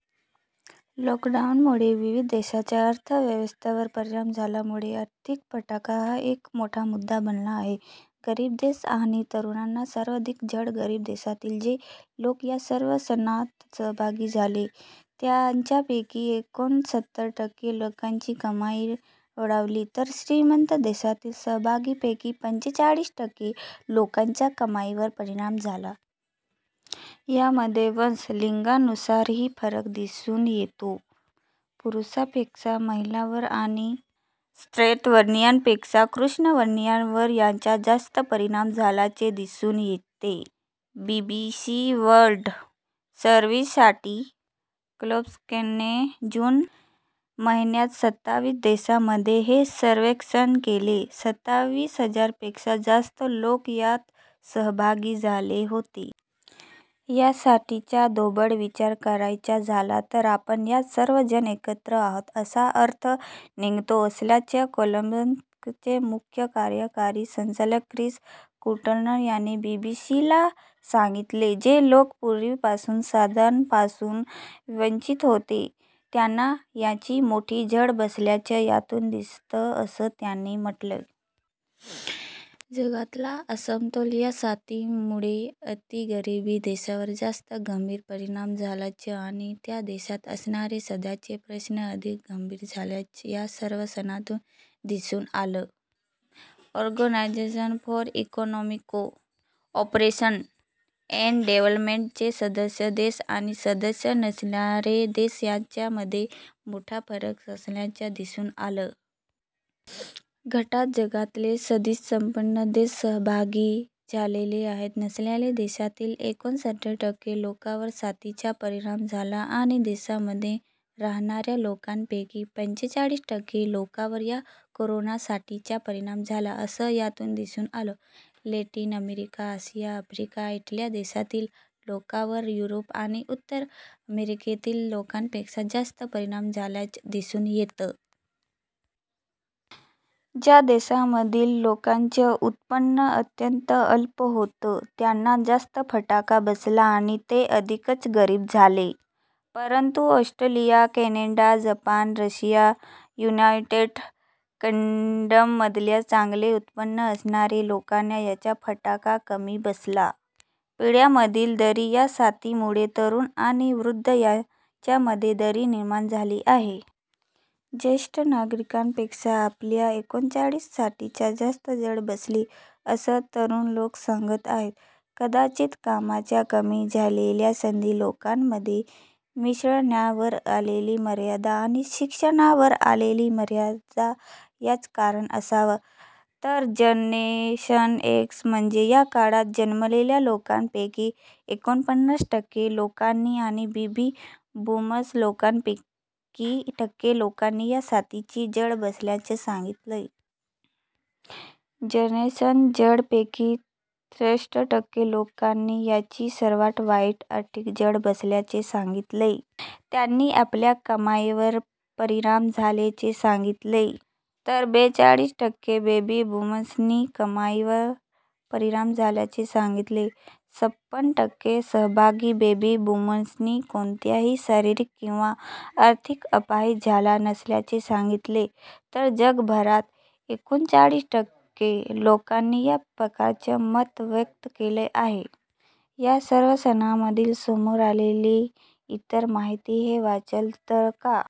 लॉकडाऊनमुळे विविध देशांच्या अर्थव्यवस्थेवर परिणाम झाल्यामुळे आर्थिक फटका हा एक मोठा मुद्दा बनला आहे. गरीब देश आणि तरुणांना सर्वाधिक झळ गरीब देशातील जे लोक या सर्वेक्षणात सहभागी झाले त्यांच्यापैकी एकोणसत्तर टक्के लोकांची कमाई रोडावली, तर श्रीमंत देशातील सहभागींपैकी पंचेचाळीस टक्के लोकांच्या कमाईवर परिणाम झाला. यामध्ये वंश, लिंगानुसारही फरक दिसून येतो. पुरुषांपेक्षा महिलांवर आणि श्वेतवर्णियांपेक्षा कृष्णवर्णियांवर याचा जास्त परिणाम झाल्याचे दिसून येते. बीबीसी वर्ल्ड सर्व्हिससाठी ग्लोबस्कॅनने जून महिन्यात सताविस देशांमध्ये हे सर्वेक्षण केलं. सताविस हजार पेक्षा जास्त लोक यात सहभागी झाले होते. या साथीचा ढोबळ विचार करायचा झाला तर आपण यात सर्वजण एकत्र आहोत असा अर्थ निघतो असल्याचं ग्लोबस्कॅनचे मुख्य कार्यकारी संचालक ख्रिस कुल्टर यांनी बीबीसीला सांगितले. जे लोक पूर्वीपासून साधनांपासून वंचित होते त्यांना याची मोठी झळ बसल्याचं यातून दिसतं, असं त्यांनी म्हटलं. जगातला असमतोल या साथीमुळे अतिगरीब देशांवर जास्त गंभीर परिणाम झाल्याचं आणि त्या देशांत असणारे सध्याचे प्रश्न अधिक गंभीर झाल्याचं या सर्वेक्षणातून दिसून आलं. Organisation for economic cooperation and development चे सदस्य देश आणि सदस्य नसणारे देश यांच्यामध्ये मोठा फरक असल्याचं दिसून आलं. गटात जगातले सदतीस संपन्न देश सहभागी झालेले आहेत. नसलेल्या देशांतील एकोणसत्तर टक्के लोकांवर साथीचा परिणाम झाला आणि देशांमध्ये राहाणाऱ्या लोकांपैकी पंचेचाळीस टक्के लोकांवर या कोरोना साथीचा परिणाम झाला असं यातून दिसून आलं. लॅटिन अमेरिका, आशिया, अफ्रिका इथल्या देशांतील लोकांवर युरोप आणि उत्तर अमेरिकेतील लोकांपेक्षा जास्त परिणाम झाल्याचं दिसून येतं. ज्या देशांमधील लोकांचं उत्पन्न अत्यंत अल्प होतं त्यांना जास्त फटका बसला आणि ते अधिकच गरीब झाले. परंतु Australia, Canada, Japan, Russia, United किंग्डममधल्या चांगले उत्पन्न असणाऱ्या लोकांना याचा फटका कमी बसला. पिढ्यांमधली दरी या साथीमुळे तरुण आणि वृद्ध यांच्यामध्ये दरी निर्माण झाली आहे. ज्येष्ठ नागरिकांपेक्षा आपल्याला याएकोणचाळीस साथीची जास्त झळ बसली, असं तरुण लोक सांगत आहेत. कदाचित कामाच्या कमी झालेल्या संधी, लोकांमध्ये मिसळण्यावर आलेली मर्यादा आणि शिक्षणावर आलेली मर्यादा याचं कारण असावं. तर जनरेशन एक्स म्हणजे या काळात जन्मलेल्या लोकांपैकी एकोणपन्नास टक्के लोकांनी आणि बेबी बूमर्स लोकांपैकी टक्के लोकांनी या साथीची झळ बसल्याचं सांगितलं. जनरेशन झेडपैकी त्रेसष्ट टक्के लोकांनी याची सर्वात वाईट आर्थिक झळ बसल्याचे सांगितले. त्यांनी आपल्या कमाईवर परिणाम झाल्याचे सांगितले. तर बेचाळीस टक्के बेबी बूमर्सनी कमाईवर परिणाम झाल्याचे सांगितले. छपण टक्के सहभागी बेबी बूमर्सनी कोणताही शारीरिक किंवा आर्थिक अपाय झाला नसल्याचे सांगितले, तर जगभरात एकोणचाळीस टक्के लोकांनी या प्रकारचं मत व्यक्त केलं आहे. या सर्वेक्षणामधून समोर आलेली इतर माहिती हे वाचलंत का?